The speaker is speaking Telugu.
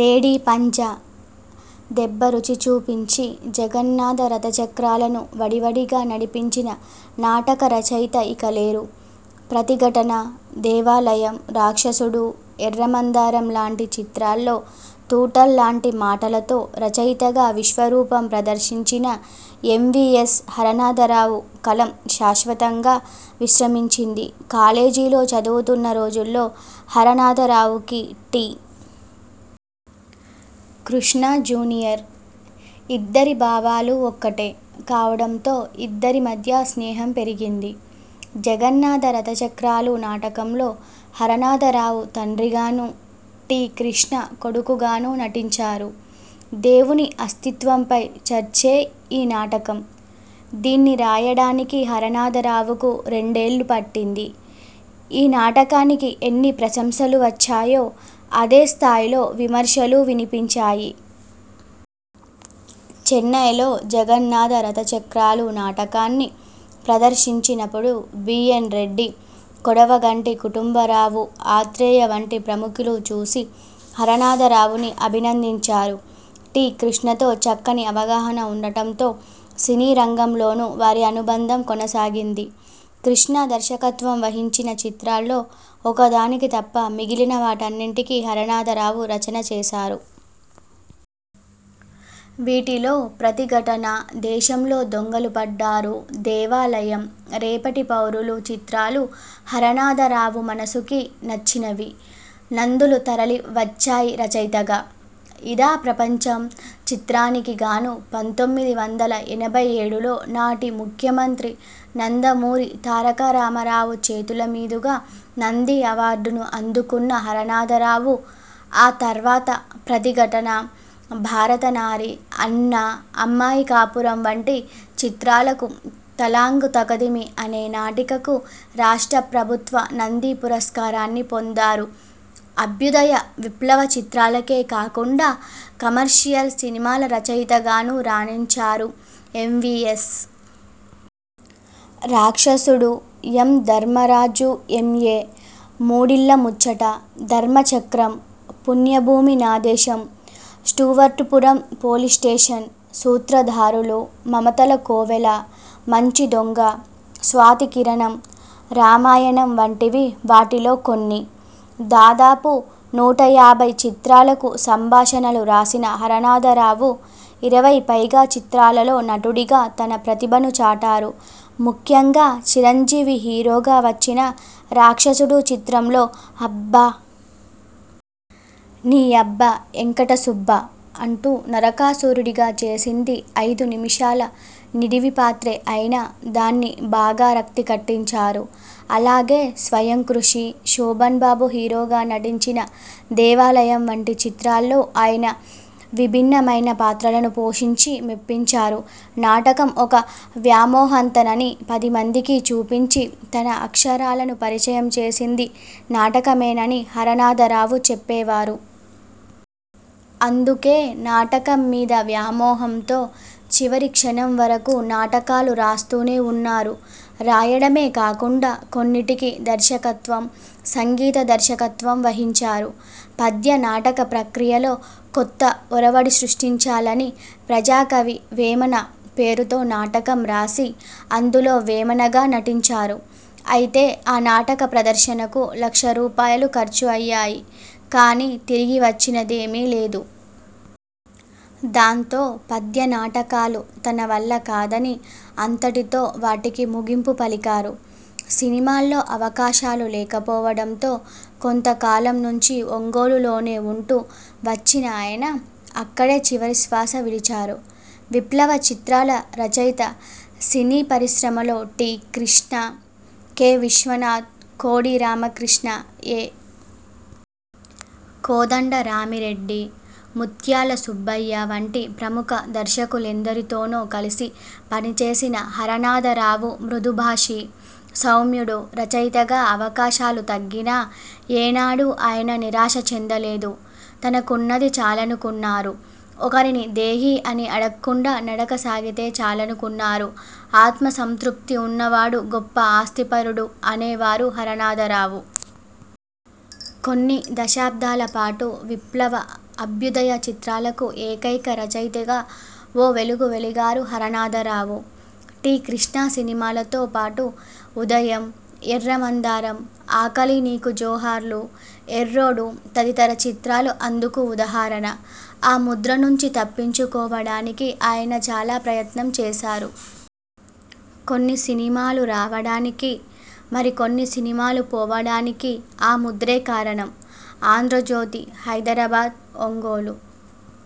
లేడి పంజా' దెబ్బ రుచి చూపించి, 'జగన్నాథ రథ చక్రాల'ను వడివడిగా నడిపించిన నాటక రచయిత ఇక లేరు. 'ప్రతిఘటన', 'దేవాలయం', 'రాక్షసుడు', 'ఎర్ర మందారం' లాంటి చిత్రాల్లో తూటాల్లాంటి మాటలతో రచయితగా విశ్వరూపం ప్రదర్శించిన ఎంవీఎస్ హరనాథరావు కలం శాశ్వతంగా విశ్రమించింది. కాలేజీలో చదువుతున్న రోజుల్లో హరనాథరావుకి టి. కృష్ణ జూనియర్. ఇద్దరి భావాలూ ఒక్కటే కావడంతో ఇద్దరి మధ్యా స్నేహం పెరిగింది. 'జగన్నాథ రథచక్రాలు' నాటకంలో హరనాథరావు తండ్రిగానూ, టి. కృష్ణ కొడుకుగానూ నటించారు. దేవుని అస్తిత్వంపై చర్చే ఈ నాటకం. దీన్ని రాయడానికి హరనాథరావుకు రెండేళ్లు పట్టింది. ఈ నాటకానికి ఎన్ని ప్రశంసలు వచ్చాయో, అదే స్థాయిలో విమర్శలూ వినిపించాయి. చెన్నైలో 'జగన్నాథ రథచక్రాలు' నాటకాన్ని ప్రదర్శించినప్పుడు బి. ఎన్. రెడ్డి, కొడవటిగంటి కుటుంబరావు, ఆత్రేయ వంటి ప్రముఖులు చూసి హరనాథరావుని అభినందించారు. టి. కృష్ణతో చక్కని అవగాహన ఉండటంతో సినీరంగంలోనూ వారి అనుబంధం కొనసాగింది. కృష్ణ దర్శకత్వం వహించిన చిత్రాల్లో ఒకదానికి తప్ప మిగిలిన వాటన్నింటికీ హరనాథరావు రచన చేశారు. వీటిలో 'ప్రతిఘటన', 'దేశంలో దొంగలు పడ్డారు', 'దేవాలయం', 'రేపటి పౌరులు' చిత్రాలు హరనాథరావు మనసుకి నచ్చినవి. నందులు తరలి వచ్చాయిరచయితగా 'ఇదా ప్రపంచం' చిత్రానికిగాను పంతొమ్మిది వందల ఎనభై ఏడులో నాటి ముఖ్యమంత్రి నందమూరి తారకరామారావు చేతుల మీదుగా నంది అవార్డును అందుకున్న హరనాథరావు, ఆ తర్వాత 'ప్రతిఘటన', 'భారతనారి', 'అన్న', 'అమ్మాయి కాపురం' వంటి చిత్రాలకు, 'తళాంగు తకధిమి' అనే నాటికకు రాష్ట్రప్రభుత్వ నంది పురస్కారాన్ని పొందారు అభ్యుదయ, విప్లవ చిత్రాలకే కాకుండా కమర్షియల్ సినిమాల రచయితగానూ రాణించారు ఎంవీయస్. 'రాక్షసుడు', 'యం ధర్మరాజు ఎంఏ', 'మూడిళ్ల ముచ్చట', 'ధర్మచక్రం', 'పుణ్యభూమి నా దేశం', 'స్టూవర్ట్పురం పోలీస్ స్టేషన్', 'సూత్రధారులు', 'మమతల కోవెల', 'మంచి దొంగ', 'స్వాతి కిరణం', 'రామాయణం' వంటివి వాటిలో కొన్ని. దాదాపు నూట యాభై చిత్రాలకు సంభాషణలు రాసిన హరనాథరావు ఇరవై పైగా చిత్రాలలో నటుడిగా తన ప్రతిభను చాటారు ముఖ్యంగా చిరంజీవి హీరోగా వచ్చిన 'రాక్షసుడు' చిత్రంలో 'అబ్బా! నీ యబ్బా ఎంకట సుబ్బా! ' అంటూ నరకాసురుడిగా చేసింది ఐదు నిముషాల నిడివి పాత్రే అయినా దాన్ని బాగా రక్తి కట్టించారు. అలాగే 'స్వయంకృషి', శోభన్ బాబు హీరోగా నటించిన 'దేవాలయం' వంటి చిత్రాల్లో ఆయన విభిన్నమైన పాత్రలను పోషించి మెప్పించారు. నాటకం ఒక వ్యామోహంతనని పదిమందికీ చూపించి, తన అక్షరాలను పరిచయం చేసింది నాటకమేనని హరనాథరావు చెప్పేవారు. అందుకే నాటకం మీద వ్యామోహంతో చివరి క్షణం వరకూ నాటకాలు రాస్తూనే ఉన్నారు. రాయడమే కాకుండా కొన్నింటికి దర్శకత్వం, సంగీత దర్శకత్వం వహించారు. పద్యనాటక ప్రక్రియలో కొత్త ఒరవడి సృష్టించాలని 'ప్రజాకవి వేమన' పేరుతో నాటకం రాసి, అందులో వేమనగా నటించారు. అయితే ఆ నాటక ప్రదర్శనకు లక్ష రూపాయలు ఖర్చు అయ్యాయి కానీ తిరిగి వచ్చినదేమీ లేదు. దాంతో పద్య నాటకాలు తన వల్ల కాదని అంతటితో వాటికి ముగింపు పలికారు. సినిమాల్లో అవకాశాలు లేకపోవడంతో కొంత కాలం నుంచీ ఒంగోలులోనే ఉంటూ వచ్చిన ఆయన అక్కడే చివరి శ్వాస విడిచారు. విప్లవ చిత్రాల రచయితసినీ పరిశ్రమలో టి. కృష్ణ, కె. విశ్వనాథ్, కోడి రామకృష్ణ, ఎ. కోదండరామిరెడ్డి, ముత్యాల సుబ్బయ్య వంటి ప్రముఖ దర్శకులెందరితోనో కలిసి పనిచేసిన హరనాథరావు మృదుభాషి, సౌమ్యుడు. రచయితగా అవకాశాలు తగ్గినా ఏనాడూ ఆయన నిరాశ చెందలేదు. తనకున్నది చాలనుకున్నారు. ఒకరిని దేహీ అని అడక్కుండా నడక సాగితే చాలనుకున్నారు. 'ఆత్మసంతృప్తి ఉన్నవాడు గొప్ప ఆస్తిపరుడు' అనేవారు హరనాథరావు. కొన్ని దశాబ్దాల పాటు విప్లవ, అభ్యుదయ చిత్రాలకు ఏకైక రచయితగా ఓ వెలుగు వెలిగారు హరనాథరావు. టి. కృష్ణ సినిమాలతో పాటు 'ఉదయం', 'ఎర్ర మందారం', 'ఆకలీ నీకు జోహార్లు', 'ఎర్రోడు' తదితర చిత్రాలు అందుకు ఉదాహరణ. ఆ ముద్ర నుంచి తప్పించుకోవడానికి ఆయన చాలా ప్రయత్నం చేశారు. కొన్ని సినిమాలు రావడానికీ, మరి కొన్ని సినిమాలు పోవడానికీ ఆ ముద్రే కారణం. ఆంధ్రజ్యోతి, హైదరాబాద్, ఒంగోలు